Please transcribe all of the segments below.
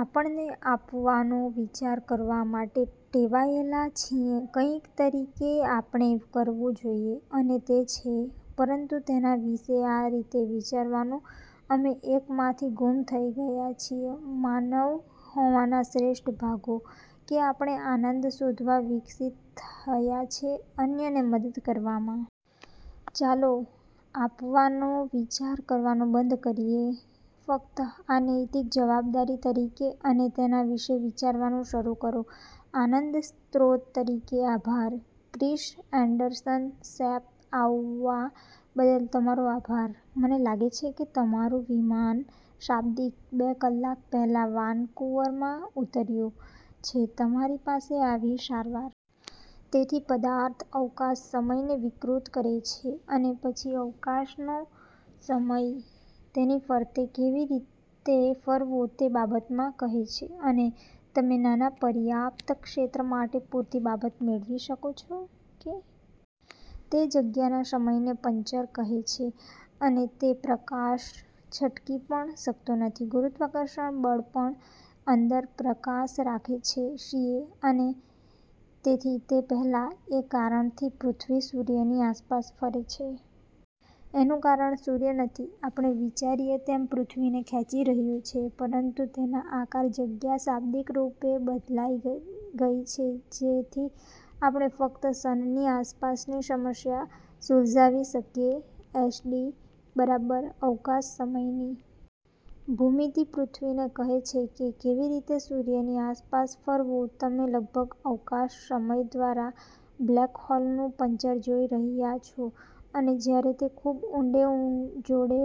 આપણને આપવાનો વિચાર કરવા માટે ટેવાયેલા છીએ કંઈક તરીકે આપણે કરવું જોઈએ. અને તે છે. પરંતુ તેના વિશે આ રીતે વિચારવાનો, અમે એકમાંથી ગુમ થઈ ગયા છીએ માનવ હોવાના શ્રેષ્ઠ ભાગો: કે આપણે આનંદ શોધવા વિકસિત થયા છે અન્યને મદદ કરવામાં. ચાલો આપવાનો વિચાર કરવાનું બંધ કરીએ ફક્ત આ નૈતિક જવાબદારી તરીકે અને તેના વિશે વિચારવાનું શરૂ કરો આનંદ સ્ત્રોત તરીકે. આભાર. ક્રિસ એન્ડરસન: શેપ, આવવા બદલ તમારો આભાર. મને લાગે છે કે તમારું વિમાન શાબ્દિક બે કલાક પહેલા વાનકુવરમાં ઉતર્યું છે તમારી પાસે આવી સારવાર. તેથી, પદાર્થ અવકાશ-સમયને વિકૃત કરે છે, અને પછી અવકાશ નો સમય તેની ફરતે કેવી રીતે ફરવું તે બાબત માં કહે છે અને। તમે નાના પર્યાપ્ત ક્ષેત્ર માટે પૂરતી બાબત મેળવી શકો છો કે તે જગ્યાના સમયને પંચર કરે છે, અને તે પ્રકાશ છટકી પણ શકતો નથી, ગુરુત્વાકર્ષણ બળ પણ અંદર પ્રકાશ રાખે છે સીએ: અને તેથી, તે પહેલાં, એ કારણ થી પૃથ્વી સૂર્યની આસપાસ ફરે છે એનું કારણ સૂર્ય નથી આપણે વિચારીએ તેમ પૃથ્વીને ખેંચી રહ્યું છે, પરંતુ તેનો આકાર જગ્યા શાબ્દિક રૂપે બદલાઈ ગઈ છે જેથી આપણે ફક્ત સન ની આસપાસ ની સમસ્યા સુલઝાવી શકીએ એસડી: બરાબર, અવકાશ-સમયની ભૂમિતિ પૃથ્વીને કહે છે કે કેવી રીતે સૂર્ય ની આસપાસ ફરવું તમે લગભગ અવકાશ-સમય દ્વારા બ્લેક હોલ નું પંચર જોઈ રહ્યા છો અને જ્યારે તે ખૂબ ઉંડે જોડે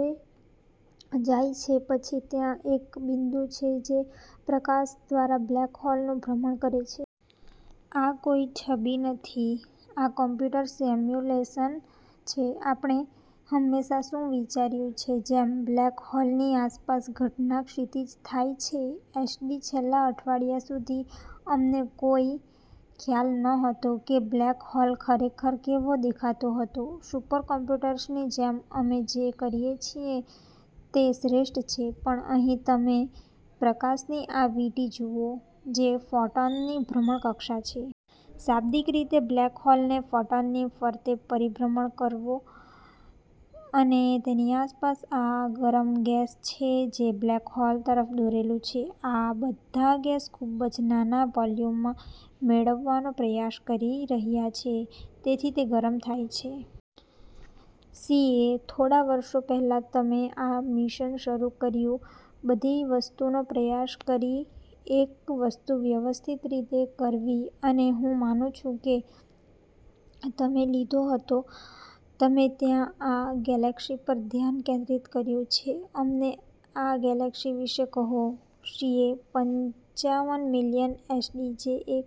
જાય છે, પછી ત્યાં એક બિંદુ છે જે પ્રકાશ દ્વારા બ્લેક હોલનું ભ્રમણ કરે છે. આ કોઈ છબી નથી, આ કમ્પ્યુટર સિમ્યુલેશન છે આપણે હંમેશાં શું વિચાર્યું છે, જેમ, બ્લેક હોલ ની આસપાસ ઘટના ક્ષિતિજ થાય છે એસડી: છેલ્લા અઠવાડિયા સુધી, અમને કોઈ ખ્યાલ નહોતો કે બ્લેક હોલ ખરેખર કેવો દેખાતો હતો સુપર કોમ્પ્યુટર્સની જેમ અમે જે કરી શકીએ છીએ તે શ્રેષ્ઠ છે પણ અહીં તમે પ્રકાશની આ વીંટી જુઓ, જે ફોટોન ની ભ્રમણકક્ષા છે. શાબ્દિક રીતે બ્લેક હોલ ને ફોટોન ની ફરતે પરિભ્રમણ કરાવો અને તેની આસપાસ આ ગરમ ગેસ છે જે બ્લેક હોલ તરફ દોરેલું છે, આ બધા ગેસ ખૂબ જ નાના વોલ્યુમમાં મેળવવાનો પ્રયાસ કરી રહ્યા છે તેથી તે ગરમ થાય છે. સીએ: થોડા વર્ષો પહેલા, તમે આ મિશન શરૂ કર્યું બધી વસ્તુ નો પ્રયાસ કરી એક વસ્તુ વ્યવસ્થિત રીતે કરવી અને હું માનું છું કે તમે લીધો હતો તમે ત્યાં આ ગેલેક્સી પર ધ્યાન કેન્દ્રિત કર્યું છે અમને આ ગેલેક્સી વિશે કહો. સીએ: પંચાવન મિલિયન. એસડી: જે એક